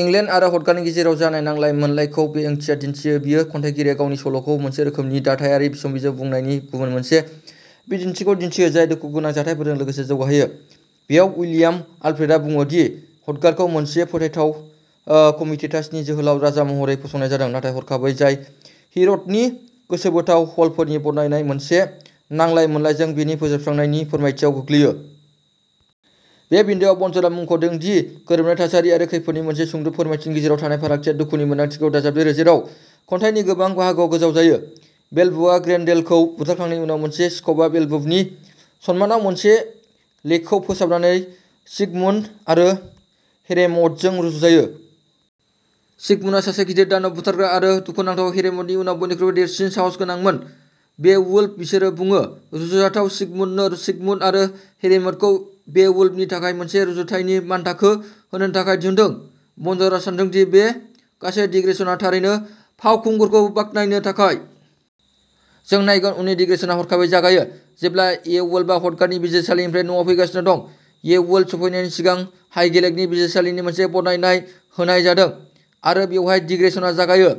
इंगेल्ड आरो ह्र'थगारनि गेजेराव जानाय नांलाय मोनलायखौ बे ओंथिआ दिन्थियो। बेयो खन्थाइगिरिया गावनि सल'खौ मोनसे रोखोमनि दाथायारि बिसम्बिजों बुंनायनि गुबुन मोनसे बिदिन्थिखौ दिन्थियो, जाय दुखुगोनां जाथायफोरजों लोगोसे जौगाहोयो। बेयाव, उइलियाम आलफ्रेडआ बुङो दि ह्र'थगारखौ मोनसे फोथायजाथाव कमिटेटासनि जोहोलाव राजा महरै फसंनाय जादों, नाथाय हरखाबै, जाय हिर'टनि गोसो बोथाव हलफोरनि बरनायनाया मोनसे नांलाय मोनलायजों बेनि फोजोबस्रांनायनि फोरमायथियाव गोग्लैयो। बे बिन्दोआव, बनज'रआ मुंख'दों दि मोनसे गोरोबनाय थासारि आरो खैफोदनि मोनसे सुंद' फोरमायथिनि गेजेराव थानाय फारागथिया दुखुनि मोनदांथिखौ दाजाबदेरो जेराव खन्थाइनि गोबां बाहागोआ गोजाव जायो। बेवुल्फआ ग्रेन्डेलखौ बुथारखांनायनि उनाव, मोनसे स्क'पआ बेवुल्फनि सन्मानाव मोनसे लेखौ फोसाबनानै सिगमुन्ड आरो हेरेम'डजों रुजुजायो। सिगमुन्डआ सासे गिदिर दानब बुथारग्रा आरो दुखुनांथाव हेरेम'डनि उनाव बयनिख्रुइबो देरसिन साहस गोनांमोन। बेवुल्फ, बिसोरो बुङो, रुजुजाथाव सिगमुन्डनो। सिगमुन्ड आरो हेरेम'डखौ बेवुल्फनि थाखाय मोनसे रुजुथायनि मानथाखो होनो थाखाय दिहुनदों। बनज'रआ सान्दों दि बे गासै दिग्रेशनआ थारैनो फावखुंगुरखौ बाख्नायनो थाखाय। जों नायगोन उननि दिग्रेशनआ हरखाबै जागायो जेब्ला बेवुल्फआ ह्र'थगारनि बिजिरसालिनिफ्राय न'आव फैगासिनो दं। बेवुल्फनि सफैनायनि सिगां हाइगेलेकनि बिजिरसालिनि मोनसे बरनायनायनाय होनाय जादों आरो बेवहाय दिग्रेशनआ जागायो।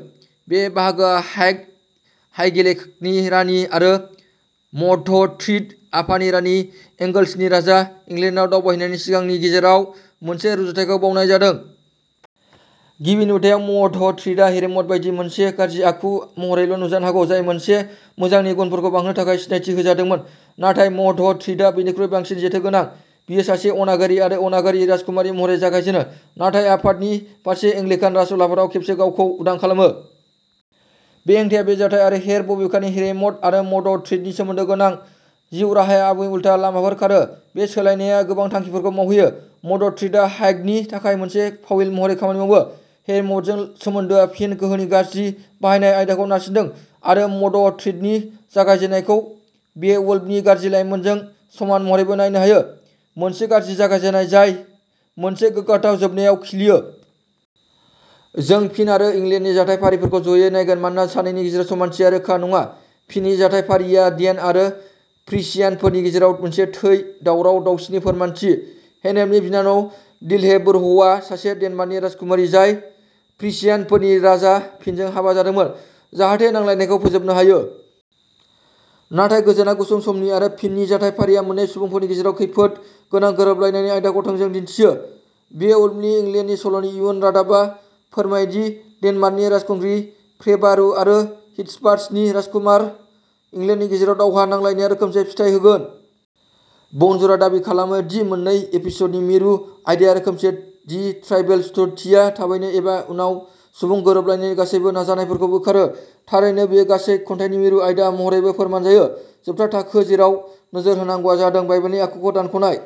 बे बाहागोआ हाइग्ड, हाइगेलेकनि रानि आरो म'धथ्रिथ, अफानि रानि, एंगल्सनि राजा, इंलेन्डआव दावबायहैनायनि सिगांनि गेजेराव मोनसे रुजुथायखौ बावनाय जादों। गिबि नुथायाव, म'धथ्रिथआ हेरेम'ड बायदि, मोनसे गाज्रि आखु महरैल' नुजानो हागौ, जाय मोनसे मोजांनि गुनफोरखौ बांहोनो थाखाय सिनायथि होजादोंमोन। नाथाय म'धथ्रिथआ बेनिख्रुइ बांसिन जेथो गोनां। बियो सासे अनागारि आरो अनागारि राजकुमारि महरै जागायजेनो, नाथाय आफानि फारसे एंग्लिकान राजउलाफादाव खेबसे गावखौ उदां खालामो। बे हेंथाया बे जाथाय आरो हेर बबेखानि, हेरेम'ड आरो मडथ्रिथनि सोमोन्दो गोनां जिउ राहाया आबुङै उल्था लामाफोर खारो। बे सोलायनाया गोबां थांखिफोरखौ मावहोयो मडथ्रिथआ हाइग्डनि थाखाय मोनसे फाविल महरै खामानि मावो, हेरेम'डजों सोमोन्दोआ फिन गोहोनि गाज्रि बाहायनाय आयदाखौ नारसिनदों आरो मडथ्रिथनि जागायजेन्नायखौ बेवुल्फनि गाज्रि लाइमोनजों समान महरैबो नायनो हायो, मोनसे गाज्रि जागायजेन्नाय जाय मोनसे गोग्गाथाव जोबनायाव खिलियो। जों फिन आरो इंगेल्डनि जाथायफारिफोरखौ ज'यै नायगोन मानोना सानैनि गेजेराव समानथिया रोखा नङा। फिननि जाथायफारिआ डेन आरो फ्रिसियानफोरनि गेजेराव मोनसे थै दावराव दावसिनि फोरमायथि। हेनेफनि बिनानाव, हिल्डेबुर्हआ सासे डेनमार्कनि राजकुमारि, जाय फ्रिशियानफोरनि राजा फिनजों हाबा जादोंमोन, जाहाथे नांलायलायनायखौ फोजोबनो हायो। नाथाय, गोजोनआ गुसुं समनि आरो फिननि जाथायफारिआ मोन्नै सुबुंफोरनि गेजेराव खैफोद गोनां गोरोबलायनायनि आयदाखौ थोंजों दिन्थियो। बेवुल्फनि इंगेल्डनि सल'नि इयुन रादाबआ फोरमायो दि डेनमार्कनि राजखुंग्रि फ्रेवारू आरो हीथ'बार्ड्सनि राजकुमार इंगेल्डनि गेजेराव दावहा नांलायनाया रोखोमसे फिथाय होगोन। बनजौरआ दाबि खालामो दि मोन्नै एपिस'डनि मिरु आयदाआ रोखोमसे, दि ट्राइबेलनि सुथुरथिया थाबैनो एबा उनाव सुबुं गोरोबलायनायनि गासैबो नाजानायफोरखौ बोखारो। थारैनो, बेयो गासै खन्थाइनि मिरु आयदा महरैबो फोरमान जायो। जोबथा थाखो जेराव नोजोर होनांगौआ जादों बाइबेलनि आखुखौ दानख'नाय।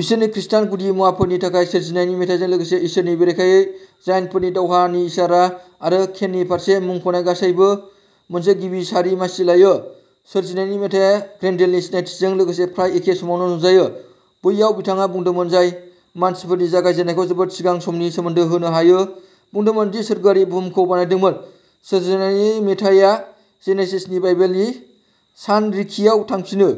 बिसोरनि खृस्टान गुदिमुवाफोरनि थाखाय, सोरजिनायनि मेथाइजों लोगोसे इसोरनि बेरेखायै जायन्टफोरनि दावहानि इसारा आरो केननि फारसे मुंख'नाय गासैबो मोनसे गिबि सारि मासि लायो। सोरजिनायनि मेथाइया ग्रेंडेलनि सिनायथिजों लोगोसे प्राय एखे समावनो नुजायो, बैयाव बिथाङा बुंदोंमोन जाय मानसिफोरनि जागायजेन्नायखौ जोबोद सिगां समनि सोमोन्दो होनो हायो, बुंदोंमोन दि सोरगोआरिआ बुहुमखौ बानायदोंमोन, सोरजिनायनि मेथाइया जेनेसिसनि बाइबेलनि सानरिखियाव थांफिनो।